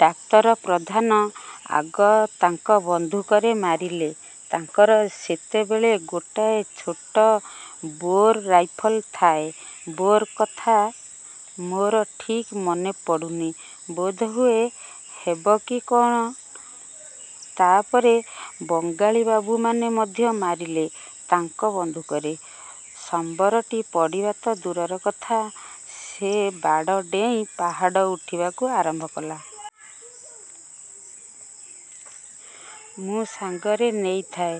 ଡାକ୍ତର ପ୍ରଧାନ ଆଗ ତାଙ୍କ ବନ୍ଧୁକରେ ମାରିଲେ। ତାଙ୍କର ସେତେବେଳେ ଗୋଟାଏ ଛୋଟ ବୋର୍ର ରାଇଫଲ୍ ଥାଏ। 'ବୋର୍' କଥା ମୋର ଠିକ୍ ମନେପଡ଼ୁନି-ବୋଧହୁଏ. ହେବ କି କ'ଣ! ତା'ପରେ ବଙ୍ଗାଳି ବାବୁମାନେ ମଧ୍ୟ ମାରିଲେ ତାଙ୍କ ବନ୍ଧୁକରେ। ସମ୍ୱରଟି ପଡ଼ିବା ତ ଦୂରର କଥା-ସେ ବାଡ଼ ଡେଇଁ ପାହାଡ଼ ଉଠିବାକୁ ଆରମ୍ଭ କଲା। ମୁଁ ସଙ୍ଗରେ ନେଇଥାଏ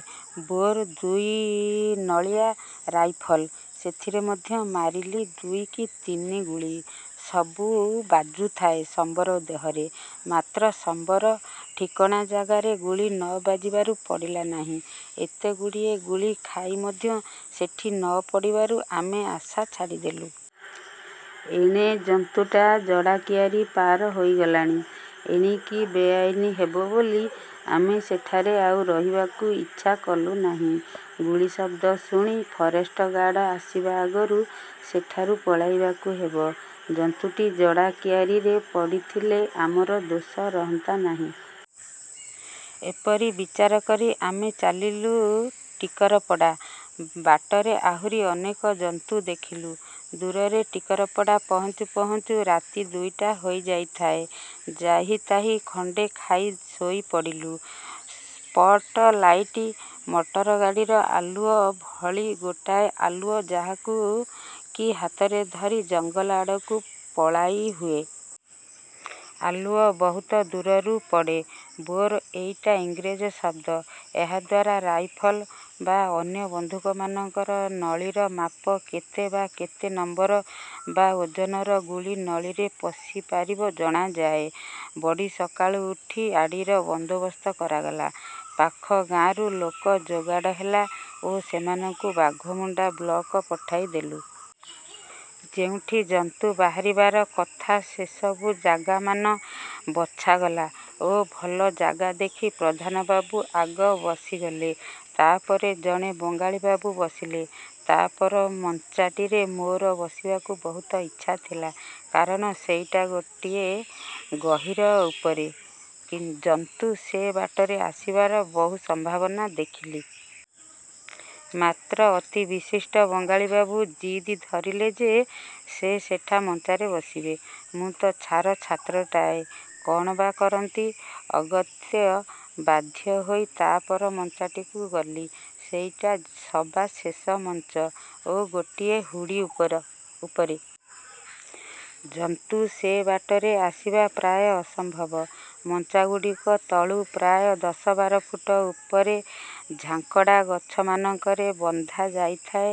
ବୋର୍ ଦୁଇନଳିଆ ରାଇଫଲ୍। ସେଥିରେ ମଧ୍ୟ ମାରିଲି ଦୁଇ କି ତିନି ଗୁଳି। ସବୁ ବାଜୁଥାଏ ସମ୍ୱର ଦିହରେ, ମାତ୍ର ସମ୍ୱର-ଠିକଣା ଜାଗାରେ ଗୁଳି ନ ବାଜିବାରୁ ପଡ଼ିଲା ନାହିଁ। ଏତେଗୁଡ଼ିଏ ଗୁଳି ଖାଇ ମଧ୍ୟ ସେଠି ନ ପଡ଼ିବାରୁ ଆମେ ଆଶା ଛାଡ଼ିଦେଲୁ। ଏଣେ ଜନ୍ତୁଟି ଜଡ଼ା କିଆରି ପାର ହୋଇଗଲାଣି। ଏଣିକି ବେଆଇନ୍ ହେବ ବୋଲି ଆମେ ସେଠାରେ ଆଉ ରହିବାକୁ ଇଚ୍ଛା କଲୁ ନାହିଁ। ଗୁଳି ଶବ୍ଦ ଶୁଣି ଫରେଷ୍ଟ ଗାର୍ଡ଼ ଆସିବା ଆଗରୁ ସେଠାରୁ ପଳାଇବାକୁ ହେବ। ଜନ୍ତୁଟି ଜଡ଼ା କିଆରିରେ ପଡ଼ିଥିଲେ ଆମର ଦୋଷ ରହନ୍ତା ନାହିଁ। ଏପରି ବିଚାରକରି ଆମେ ଚାଲିଲୁ ଟିକରପଡ଼ା। ବାଟରେ ଆହୁରି ଅନେକ ଜନ୍ତୁ ଦେଖିଲୁ-ଦୂରରେ। ଟିକରପଡ଼ା ପହଞ୍ଚୁ ପହଞ୍ଚୁ ରାତି ଦୁଇଟା ହୋଇଯାଇଥାଏ। ଯାହିତାହି ଗଣ୍ଡେ ଖାଇ ଶୋଇ ପଡ଼ିଲୁ। ସ୍ପଟ୍ ଲାଇଟ୍-ମଟର ଗାଡ଼ିର ଆଲୁଅ ଭଳି ଗୋଟାଏ ଆଲୁଅ ଯାହାକୁ କି ହାତରେ ଧରି ଜଙ୍ଗଲ ଆଡ଼କୁ ପକାଇହୁଏ। ଆଲୁଅ ବହୁତ ଦୂରକୁ ପଡ଼େ। ବୋର୍-ଏଇଟା ଇଂରେଜ ଶବ୍ଦ। ଏହାଦ୍ୱାରା ରାଇଫଲ ବା ଅନ୍ୟ ବନ୍ଧୁକମାନଙ୍କର ନଳିର ମାପ କେତେ ବା କେତେ ନମ୍ୱର ବା ଓଜନର ଗୁଳି ନଳିରେ ପଶିପାରିବ ଜଣାଯାଏ। ବଡ଼ି ସକାଳୁ ଉଠି ଆଡ଼ିର ବନ୍ଦୋବସ୍ତ କରାଗଲା। ପାଖ ଗାରୁ ଲୋକ ଯୋଗାଡ଼ ହେଲା ଓ ସେମାନଙ୍କୁ ବାଘମୁଣ୍ଡା ବ୍ଲକ୍କୁ ପଠାଇ ଦେଲୁ। ଯେଉଁଠି ଜନ୍ତୁ ବାହାରିବାର କଥା ସେସବୁ ଜାଗାମାନ ବଛାଗଲା ଓ ଭଲ ଜାଗା ଦେଖି ପ୍ରଧାନ ବାବୁ ଆଗ ବସିଗଲେ। ତା'ପରେ ଜଣେ ବଙ୍ଗାଳିବାବୁ ବସିଲେ। ତା' ପର ମଞ୍ଚାଟିରେ ମୋର ବସିବାକୁ ବହୁତ ଇଚ୍ଛା ଥିଲା, କାରଣ ସେଇଟା ଗୋଟାଏ ଗହୀର ଉପରେ। ଜନ୍ତୁ ସେ ବାଟରେ ଆସିବାର ବହୁ ସମ୍ଭାବନା ଦେଖିଲି। ମାତ୍ର ଅତି ବିଶିଷ୍ଟ ବଙ୍ଗାଳି ବାବୁ ଜିଦ୍ ଧଇଲେ ଯେ, ସେ ସେଠା ମଞ୍ଚାରେ ବସିବେ। ମୁଁ ତ ଛାର ଛାତ୍ରଟାଏ, କ'ଣ ବା କରନ୍ତି-ଅଗତ୍ୟା ବାଧ୍ୟ ହୋଇ ତା' ପର ମଞ୍ଚାଟିକୁ ଗଲି। ସେଇଟା ସବା ଶେଷ ମଞ୍ଚା ଓ ଗୋଟାଏ ହୁଡ଼ି ଉପରେ। ଜନ୍ତୁ ସେ ବାଟରେ ଆସିବା ପ୍ରାୟ ଅସମ୍ଭବ। ମଞ୍ଚାଗୁଡ଼ିକ ତଳୁ ପ୍ରାୟ ଦଶବାର ଫୁଟ ଉପରେ ଝାଙ୍କଡ଼ା ଗଛମାନଙ୍କରେ ବନ୍ଧା ଯାଇଥାଏ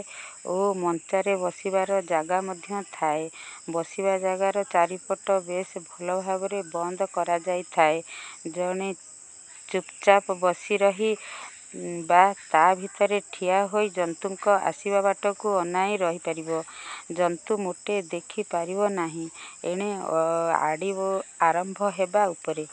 ଓ ମଞ୍ଚାରେ ବସିବାର ଜାଗା ମଧ୍ୟ ଥାଏ। ବସିବା ଜାଗାର ଚାରିପଟ ବେଶ ଭଲ ଭାବରେ ବନ୍ଦ କରାଯାଇଥାଏ। ଜଣେ ଚୁପ୍ଚାପ୍ ବସି ରହି ବା ତା' ଭିତରେ ଠିଆ ହୋଇ ଜନ୍ତୁଙ୍କ ଆସିବା ବାଟକୁ ଅନାଇ ରହିପାରିବ-ଜନ୍ତୁ ମୋଟେ ଦେଖି ପାରିବ ନାହିଁ। ଏଣେ ଆଡ଼ି ଆରମ୍ଭ ହେବା ଉପରେ।